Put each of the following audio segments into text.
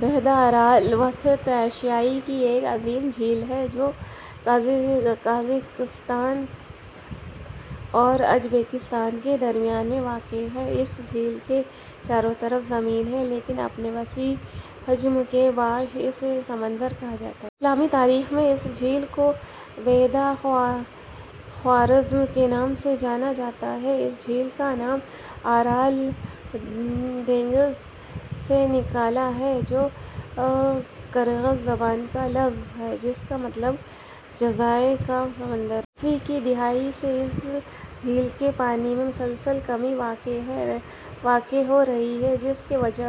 بحیرہ ارال وسط ایشیا کی ایک عظیم جھیل ہے جو قازقستان اور ازبکستان کے درمیان میں واقع ہے۔ اس جھیل کے چاروں طرف زمین ہے لیکن اپنے وسیع حجم کے باعث اسے سمندر کہا جاتا ہے۔ اسلامی تاریخ میں اس جھیل کو بحیرہ خوارزم کے نام سے جانا جاتا ہے۔ اس جھیل کا نام "ارال۔ ڈینگھز" سے نکلا ہے جو کرغز زبان کا لفظ ہے جس کا مطلب "جزائر کا سمندر" ہے۔ ء کی دہائی سے اس جھیل کے پانی میں مسلسل کمی واقع ہو رہی ہے جس کی وجہ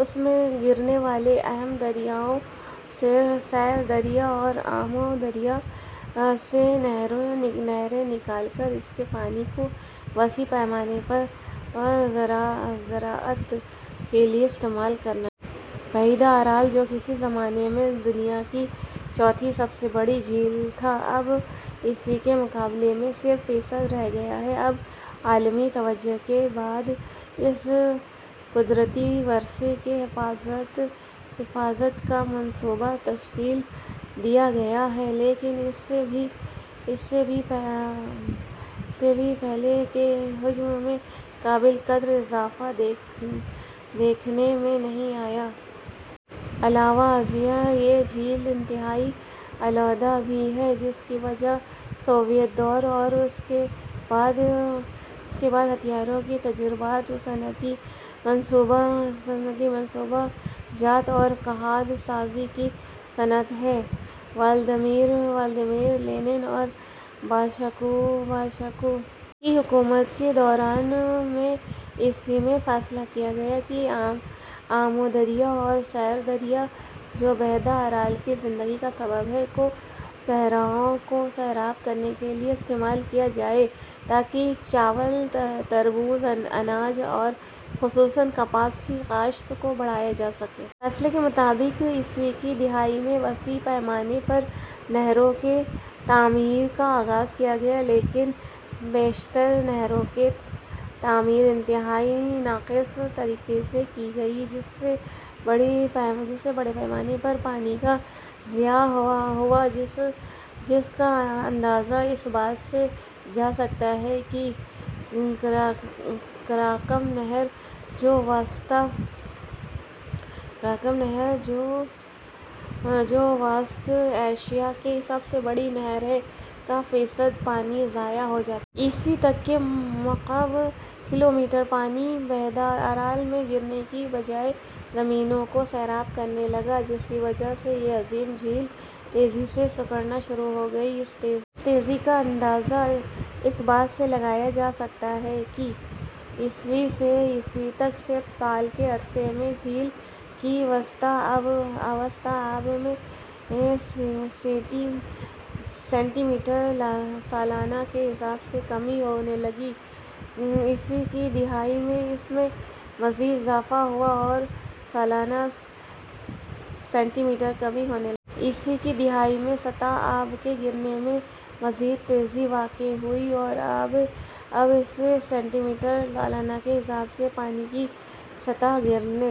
اس میں گرنے والے اہم دریاؤں سیر دریا اور آمو دریا سے نہریں نکال کر اس کے پانی کو وسیع پیمانے پر زراعت کے لیے استعمال کرنا ہے۔ بحیرہ ارال جو کسی زمانے میں دنیا کی چوتھی سب سے بڑی جھیل تھا اب ء کے مقابلے میں صرف فیصد رہ گیا ہے۔ اب عالمی توجہ کے بعد اس قدرتی ورثے کی حفاظت کا منصوبہ تشکیل دیا گیا ہے لیکن اس سے بھی جھیل کے حجم میں قابل قدر اضافہ دیکھنے میں نہیں آیا۔ علاوہ ازیں یہ جھیل انتہائی آلودہ بھی ہے جس کی وجہ سوویت دور اور اس کے بعد ہتھیاروں کے تجربات، صنعتی منصوبہ جات اور کھاد سازی کی صنعت ہے۔ ولادیمیر لینن اور بالشویکوں کی حکومت کے دوران میں ء میں فیصلہ کیا گیا کہ آمو دریا اور سیر دریا، جو بحیرہ ارال کی زندگی کا سبب ہیں، کو صحراؤں کو سیراب کرنے کے لیے استعمال کیا جائے تاکہ چاول ، تربوز ، اناج اور خصوصاً کپاس کی کاشت کو بڑھایا جاسکے۔ فیصلے کے مطابق ء کی دہائی میں وسیع پیمانے پر نہروں کی تعمیر کا آغاز کیا گیا لیکن بیشتر نہروں کی تعمیر انتہائی ناقص طریقے سے کی گئی جس سے بڑے پیمانے پر پانی کا ضیاع ہوا جس کا اندازہ اس بات سے لگایا جا سکتا ہے کہ قراقم نہر ، جو وسط ایشیا کی سب سے بڑی نہر ہے، کا فیصد پانی ضائع ہو جاتا ہے۔ ء تک سے مکعب کلومیٹر پانی بحیرہ ارال میں گرنے کی بجائے زمینوں کو سیراب کرنے لگا۔ جس کی وجہ سے یہ عظیم جھیل تیزی سے سکڑنا شروع ہو گئی۔ اس تیزی کا اندازہ اس بات سے لگایا جا سکتا ہے کہ ء سے ء تک صرف سال کے عرصے میں جھیل کی سطح آب میں سینٹی میٹر سالانہ کے حساب سے کمی ہونے لگی، ء کی دہائی میں اس میں مزید اضافہ ہوا اور سالانہ سینٹی میٹر کمی ہونے لگی۔ ء کی دہائی میں سطح آب کے گرنے میں مزید تیزی واقع ہوئی اور اب سے سینٹی میٹر سالانہ کے حساب سے پانی کی سطح گرنے لگی۔